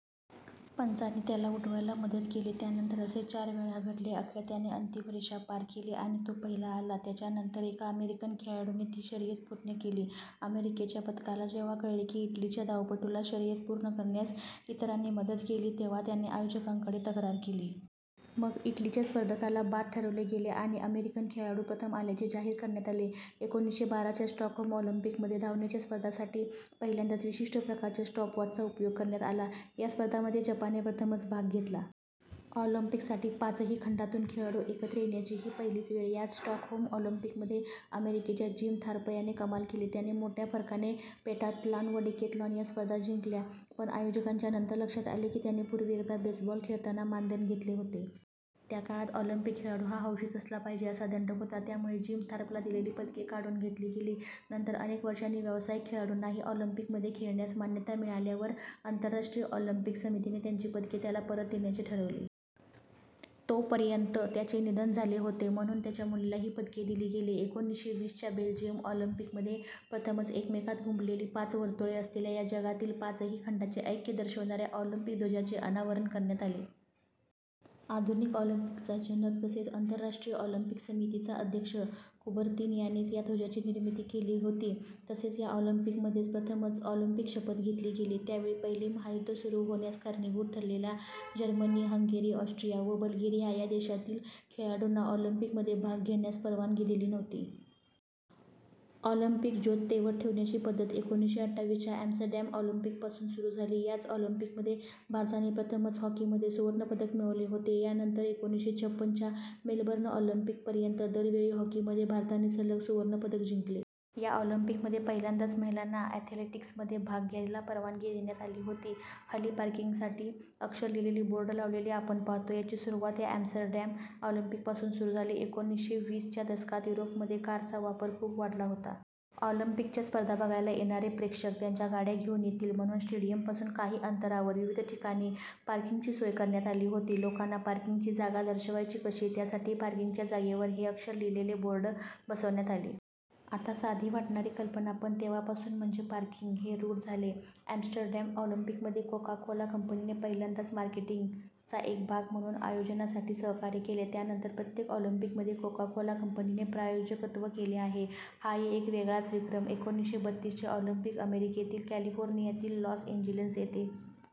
पंचांनी त्याला उठायला मदत केली. त्यानंतर असे चार वेळा घडले. अखेर त्याने अंतिम रेषा पार केली आणि तो पहिला आला. त्याच्या नंतर एका अमेरिकन खेळाडूने ती शर्यत पूर्ण केली. अमेरिकेच्या पथकाला जेव्हा कळले की, इटलीच्या धावपटूला शर्यत पूर्ण करण्यास इतरांनी मदत केली, तेव्हा त्यांनी आयोजकांकडे तक्रार केली. मग इटलीच्या स्पर्धकाला बाद ठरवले गेले आणि अमेरिकन खेळाडू प्रथम आल्याचे जाहीर करण्यात आले. एकोणीसशे बारा च्या स्टॉकहोम ऑलिम्पिकमध्ये धावण्याच्या स्पर्धांसाठी पहिल्यांदाच विशिष्ट प्रकारच्या स्टॉप वॉचचा उपयोग करण्यात आला. या स्पर्धांमध्ये जपानने प्रथमच भाग घेतला. ऑलिम्पिकसाठी पाचही खंडांतून खेळाडू एकत्र येण्याची ही पहिलीच वेळ! याच स्टॉकहोम ऑलिम्पिकमध्ये अमेरिकेच्या जिम थॉर्प याने कमाल केली. त्याने मोठ्या फरकाने पेंटाथलॉन व डिकेथलॉन या स्पर्धा जिंकल्या. पण आयोजकांच्या नंतर लक्षात आले की, त्याने पूर्वी एकदा बेसबॉल खेळताना मानधन घेतले होते. त्या काळात ऑलिम्पिक खेळाडू हा हौशीच असला पाहिजे, असा दंडक होता. त्यामुळे जिम थॉर्पला दिलेली पदके काढून घेतली गेली. नंतर अनेक वर्षांनी व्यावसायिक खेळाडूंनाही ऑलिम्पिकमध्ये खेळण्यास मान्यता मिळाल्यावर आंतरराष्ट्रीय ऑलिम्पिक समितीने त्याची पदके त्याला परत देण्याचे ठरवले. तोपर्यंत त्याचे निधन झाले होते, म्हणून त्याच्या मुलीला ती पदके दिली गेली. एकोणीसशे वीस च्या बेल्जियम ऑलिम्पिकमध्ये प्रथमच एकमेकांत गुंफलेली पाच वर्तुळे असलेल्या व जगातील पाचही खंडांचे ऐक्य दर्शवणाऱ्या ऑलिम्पिक ध्वजाचे अनावरण करण्यात आले. आधुनिक ऑलिम्पिकचा जनक, तसेच आंतरराष्ट्रीय ऑलिम्पिक समितीचा अध्यक्ष कुबर्तीन यानेच या ध्वजाची निर्मिती केली होती. तसेच या ऑलिम्पिकमध्ये प्रथमच ऑलिम्पिक शपथ घेतली गेली. त्यावेळी पहिले महायुद्ध सुरू होण्यास कारणीभूत ठरलेल्या जर्मनी, हंगेरी, ऑस्ट्रिया व बल्गेरिया या देशांतील खेळाडूंना ऑलिम्पिकमध्ये भाग घेण्यास परवानगी दिली नव्हती. ऑलिम्पिक ज्योत तेवत ठेवण्याची पद्धत एकोणीसशे अठ्ठावीस च्या ॲम्स्टरडॅम ऑलिम्पिकपासून सुरू झाली. याच ऑलिम्पिकमध्ये भारताने प्रथमच हॉकीमध्ये सुवर्णपदक मिळवले होते. या नंतर एकोणीसशे छप्पन च्या मेलबर्न ऑलिम्पिकपर्यंत दर वेळी हॉकीमध्ये भारतानेच सलग सुवर्णपदक जिंकले. या ऑलिम्पिकमध्ये पहिल्यांदाच महिलांना ॲथलेटिक्समध्ये भाग घ्यायला परवानगी देण्यात आली होती. हल्ली पार्किंगसाठी अक्षर लिहिलेले बोर्ड लावलेले आपण पाहतो. त्याची सुरुवात या ॲम्स्टरडॅम ऑलिम्पिकपासून झाली. एकोणीसशे वीस च्या दशकात युरोपमध्ये कारचा वापर खूप वाढला होता. ऑलिम्पिकच्या स्पर्धा बघायला येणारे प्रेक्षक त्यांच्या गाड्या घेऊन येतील, म्हणून स्टेडियमपासून काही अंतरावर विविध ठिकाणी पार्किंगची सोय करण्यात आली होती. लोकांना पार्किंगची जागा दर्शवायची कशी? त्यासाठी पार्किंगच्या जागेजवळ हे अक्षर लिहिलेले बोर्ड बसवण्यात आले. आता साधी वाटणारी कल्पना, पण तेव्हापासून म्हणजे पार्किंग, हे रूढ झाले. ॲम्स्टरडॅम ऑलिम्पिकमध्ये कोकाकोला कंपनीने पहिल्यांदाच मार्केटिंगचा एक भाग म्हणून आयोजनासाठी सहकार्य केले. त्यानंतर प्रत्येक ऑलिम्पिकमध्ये कोकाकोला कंपनीने प्रायोजकत्व केले आहे, हाही एक वेगळाच विक्रम! एकोणीसशे बत्तीस चे ऑलिम्पिक अमेरिकेतील कॅलिफोर्नियातील लॉस एंजेलिस येथे